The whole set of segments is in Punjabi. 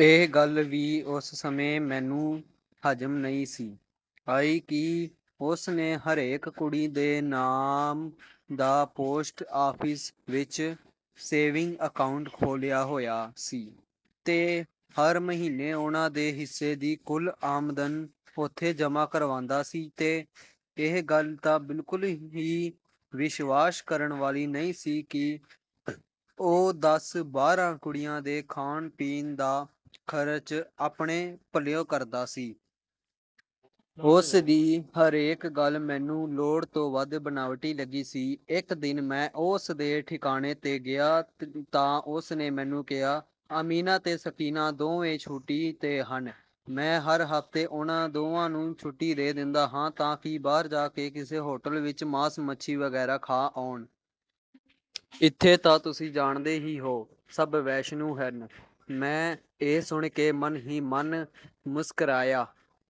ਇਹ ਗੱਲ ਵੀ ਉਸ ਸਮੇਂ ਮੈਨੂੰ ਹਜ਼ਮ ਨਹੀਂ ਸੀ ਆਈ ਕਿ ਉਸ ਨੇ ਹਰੇਕ ਕੁੜੀ ਦੇ ਨਾਂ ਦਾ ਪੋਸਟ ਆਫਿਸ ਵਿੱਚ ਸੇਵਿੰਗ ਅਕਾਊਂਟ ਖੋਲ੍ਹਿਆ ਹੋਇਆ ਸੀ ਤੇ ਹਰ ਮਹੀਨੇ ਉਹਨਾਂ ਦੇ ਹਿੱਸੇ ਦੀ ਕੁੱਲ ਆਮਦਨ ਉੱਥੇ ਜਮ੍ਹਾਂ ਕਰਵਾਂਦਾ ਸੀ ਤੇ ਇਹ ਗੱਲ ਤਾਂ ਬਿਲਕੁਲ ਹੀ ਵਿਸ਼ਵਾਸ ਕਰਨ ਵਾਲੀ ਨਹੀਂ ਸੀ ਕਿ ਉਹ ਦਸ ਬਾਰਾਂ ਕੁੜੀਆਂ ਦੇ ਖਾਣ-ਪੀਣ ਦਾ ਖਰਚ ਆਪਣੇ ਪੱਲਿਓਂ ਕਰਦਾ ਸੀ। ਉਸ ਦੀ ਹਰੇਕ ਗੱਲ ਮੈਨੂੰ ਲੋੜ ਤੋਂ ਵੱਧ ਬਣਾਵਟੀ ਲੱਗੀ ਸੀ। ਇਕ ਦਿਨ ਮੈਂ ਉਸ ਦੇ ਠਿਕਾਣੇ 'ਤੇ ਗਿਆ ਤਾਂ ਉਸ ਨੇ ਮੈਨੂੰ ਕਿਹਾ, ਅਮੀਨਾ ਤੇ ਸਕੀਨਾ ਦੋਵੇਂ ਛੁੱਟੀ 'ਤੇ ਹਨ। ਮੈਂ ਹਰ ਹਫ਼ਤੇ ਉਹਨਾਂ ਦੋਵਾਂ ਨੂੰ ਛੁੱਟੀ ਦੇ ਦਿੰਦਾ ਹਾਂ ਤਾਂ ਕਿ ਬਾਹਰ ਜਾ ਕੇ ਕਿਸੇ ਹੋਟਲ ਵਿੱਚ ਮਾਸ ਮੱਛੀ ਵਗੈਰਾ ਖਾ ਆਉਣ। ਇੱਥੇ ਤਾਂ ਤੁਸੀਂ ਜਾਣਦੇ ਹੀ ਹੋ, ਸਭ ਵੈਸ਼ਨੂੰ ਹਨ। ਮੈਂ ਇਹ ਸੁਣ ਕੇ ਮਨ ਹੀ ਮਨ ਮੁਸਕਰਾਇਆ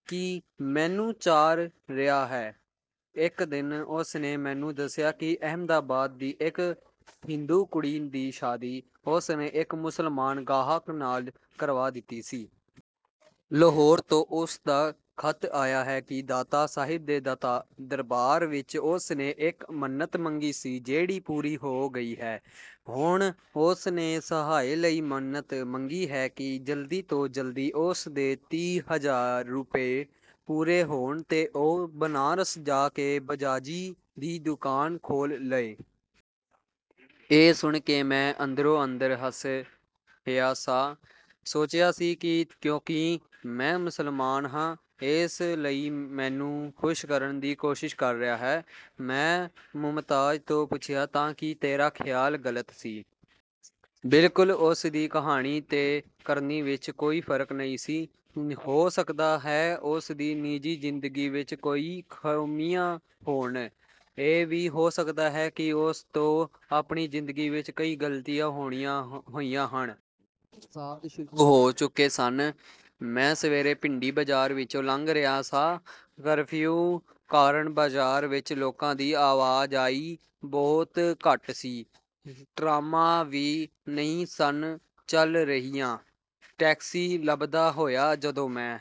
ਕਿ ਮੈਨੂੰ ਚਾਰ ਰਿਹਾ ਹੈ। ਇਕ ਦਿਨ ਉਸ ਨੇ ਮੈਨੂੰ ਦੱਸਿਆ ਕਿ ਅਹਿਮਦਾਬਾਦ ਦੀ ਇਕ ਹਿੰਦੂ ਕੁੜੀ ਦੀ ਸ਼ਾਦੀ ਉਸ ਨੇ ਇਕ ਮੁਸਲਮਾਨ ਗਾਹਕ ਨਾਲ ਕਰਵਾ ਦਿੱਤੀ ਸੀ। ਲਾਹੌਰ ਤੋਂ ਉਸ ਦਾ ਖ਼ਤ ਆਇਆ ਹੈ ਕਿ ਦਾਤਾ ਸਾਹਿਬ ਦੇ ਦਰਬਾਰ ਵਿੱਚ ਉਸ ਨੇ ਇਕ ਮੰਨਤ ਮੰਗੀ ਸੀ, ਜਿਹੜੀ ਪੂਰੀ ਹੋ ਗਈ ਹੈ। ਹੁਣ ਉਸ ਨੇ ਸਹਾਏ ਲਈ ਮੰਨਤ ਮੰਗੀ ਹੈ ਕਿ ਜਲਦੀ ਤੋਂ ਜਲਦੀ ਉਸ ਦੇ ਤੀਹ ਹਜ਼ਾਰ ਰੁਪਏ ਪੂਰੇ ਹੋਣ ਤੇ ਉਹ ਬਨਾਰਸ ਜਾ ਕੇ ਬਜਾਜੀ ਦੀ ਦੁਕਾਨ ਖੋਲ੍ਹ ਲਏ। ਇਹ ਸੁਣ ਕੇ ਮੈਂ ਅੰਦਰੋ ਅੰਦਰ ਹੱਸਿਆ ਸਾਂ। ਸੋਚਿਆ ਸੀ ਕਿ ਕਿਉਂਕਿ ਮੈਂ ਮੁਸਲਮਾਨ ਹਾਂ, ਇਸ ਲਈ ਮੈਨੂੰ ਖੁਸ਼ ਕਰਨ ਦੀ ਕੋਸ਼ਿਸ਼ ਕਰ ਰਿਹਾ ਹੈ। ਮੈਂ ਮੁਮਤਾਜ਼ ਤੋਂ ਪੁੱਛਿਆ, ਤਾਂ ਕੀ ਤੇਰਾ ਖ਼ਿਆਲ ਗ਼ਲਤ ਸੀ? ਬਿਲਕੁਲ, ਉਸ ਦੀ ਕਹਿਣੀ ਤੇ ਕਰਨੀ ਵਿੱਚ ਕੋਈ ਫਰਕ ਨਹੀਂ ਸੀ। ਹੋ ਸਕਦਾ ਹੈ ਉਸ ਦੀ ਨਿੱਜੀ ਜ਼ਿੰਦਗੀ ਵਿੱਚ ਕਈ ਖ਼ਾਮੀਆਂ ਹੋਣ। ਇਹ ਵੀ ਹੋ ਸਕਦਾ ਹੈ ਕਿ ਉਸ ਤੋਂ ਆਪਣੀ ਜ਼ਿੰਦਗੀ ਵਿੱਚ ਕਈ ਗ਼ਲਤੀਆਂ ਹੋਈਆਂ ਹੋਣ। ਫਸਾਦ ਸ਼ੁਰੂ ਹੋ ਚੁੱਕੇ ਸਨ। ਮੈਂ ਸਵੇਰੇ ਭਿੰਡੀ ਬਾਜ਼ਾਰ ਵਿੱਚੋਂ ਲੰਘ ਰਿਹਾ ਸਾਂ। ਕਰਫ਼ਿਊ ਕਾਰਨ ਬਾਜ਼ਾਰ ਵਿੱਚ ਲੋਕਾਂ ਦੀ ਆਵਾਜਾਈ ਬਹੁਤ ਘੱਟ ਸੀ। ਟ੍ਰਾਮਾਂ ਵੀ ਨਹੀਂ ਸਨ ਚੱਲ ਰਹੀਆਂ। ਟੈਕਸੀ ਲੱਭਦਾ ਹੋਇਆ ਜਦੋਂ ਮੈਂ